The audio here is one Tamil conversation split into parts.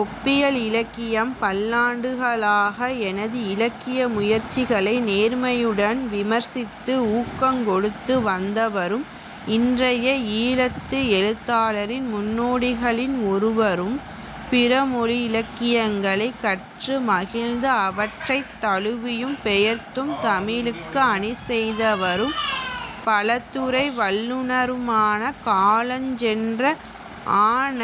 ஒப்பியல் இலக்கியம் பல்லாண்டுகளாக எனது இலக்கிய முயற்சிகளை நேர்மையுடன் விமர்சித்து ஊக்கங் கொடுத்து வந்தவரும் இன்றைய ஈழத்து எழுத்தாளரின் முன்னோடிகளின் ஒருவரும் பிறர்மொழியிலக்கியங்களைக் கற்று மகிழ்ந்து அவற்றைத் தழுவியும் பெயர்த்தும் தமிழுக்கு அணிசெய்தவரும், பல துறை வல்லுநருமான காலஞ்சென்ற அ. ந.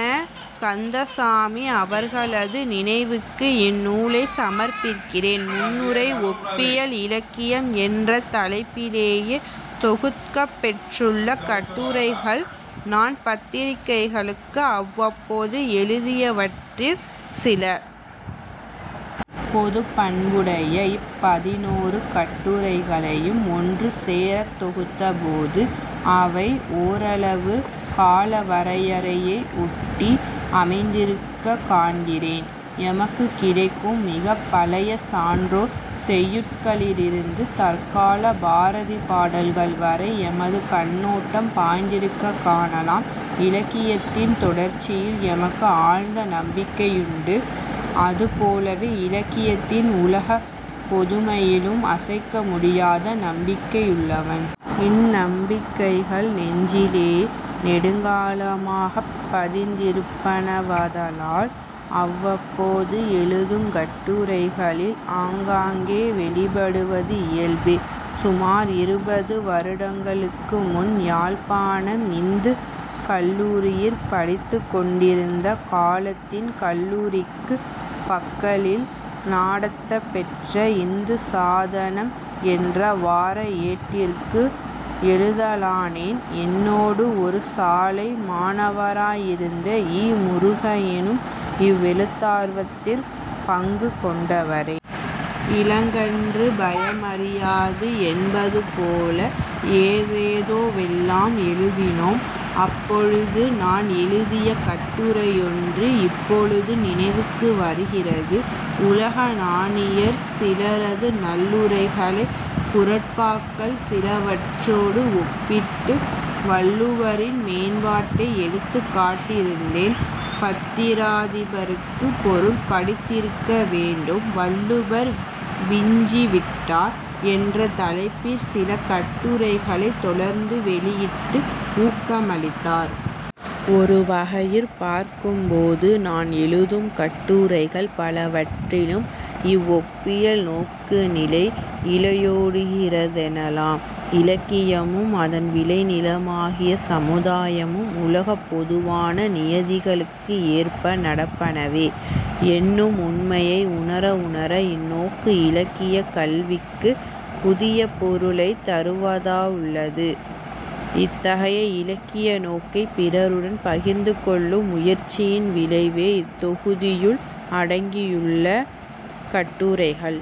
கந்தசாமி அவர்களது நினைவுக்கு இந்நூலைச் சமர்ப்பிக்கிறேன் முன்னுரை 'ஒப்பியல் இலக்கியம்' என்ற தலைப்பிலே தொகுக்கப் பெற்றுள்ள கட்டுரைகள் நான் பத்திரிகைகளுக்கு அவ்வப்போது எழுதியவற்றிற் சில. பொதுப்பண்புடைய இப்பதினொரு கட்டுரைகளையும் ஒன்று சேரத்தொகுத்தபோது அவை ஓரளவு காலவரையறையையொட்டி அமைந்திருக்கக் காண்கிறேன். எமக்குக் கிடைக்கும் மிகப் பழைய சான்றோர் செய்யுட்களிலிருந்து தற்காலப் பாரதி பாடல்கள் வரை எனது கண்ணோட்டம் பாய்ந்திருக்கக் காணலாம். இலக்கியத்தின் தொடர்ச்சியில் எனக்கு ஆழ்ந்த நம்பிக்கையுண்டு. அது போலவே இலக்கியத்தின் உலகப் பொதுமையிலும் அசைக்க முடியாத நம்பிக்கையுள்ளவன். இந்நம்பிக்கைகள் நெஞ்சிலே நெடுங்காலமாகப் பதிந்திருப்பனவாதலால் அவ்வப்போது எழுதுங்கட்டுரைகளில் அங்கங்கே வௌிப்படுவது இயல்பே. சுமார் இருபது வருடங்களுக்கு முன் யாழ்ப்பாணம் இந்துக் கல்லூரியிற் படித்துக் கொண்டிருந்த காலத்தில் கல்லூரிக்குப் பக்கலில் நடாத்தப்பெற்ற இந்துசாதனம் என்ற வார ஏட்டிற்கு எழுதலானேன். என்னோடு ஒரு சாலை மாணவராயிருந்த இ. முருகையனும் இவ்வெழுத்தார்வத்திற் பங்கு கொண்டவரே. இளங்கன்று பயமறியாது என்பது போல ஏதேதோவெல்லாம் எழுதினோம். அப்பொழுது நான் எழுதிய கட்டுரையொன்று இப்பொழுது நினைவுக்கு வருகிறது. உலக ஞானியர் சிலரது நல்லுரைகளைக் குறட்பாக்கள் சிலவற்றோடு ஒப்பிட்டு வள்ளுவரின் மேம்பாட்டை எடுத்துக் காட்டியிருந்தேன். பத்திராதிபருக்கு பொருள் பிடித்திருக்கவேண்டும்; 'வள்ளுவர் விஞ்சி விட்டார்' என்ற தலைப்பிற் சில கட்டுரைகளைத் தொடர்ந்து வௌியிட்டு ஊக்கமளித்தார். ஒருவகையிற் பார்க்கும் போது நான் எழுதும் கட்டுரைகள் பலவற்றிலும் இவ்வொப்பியல் நோக்கு நிலை இழையோடுகிறதெனலாம். இலக்கியமும் அதன் விளை நிலமாகிய சமுதாயமும் உலகப்பொதுவான நியதிகளுக்கு ஏற்ப நடப்பனவே என்னும் உண்மையை உணர உணர இந்நோக்கு இலக்கியக் கல்விக்குப் புதிய பொருளைத் தருவதாயுள்ளது. இத்தகைய இலக்கிய நோக்கைப் பிறருடன் பகிர்ந்து கொள்ளும் முயற்சியின் விளைவே இத்தொகுதியுள் அடங்கியுள்ள கட்டுரைகள்.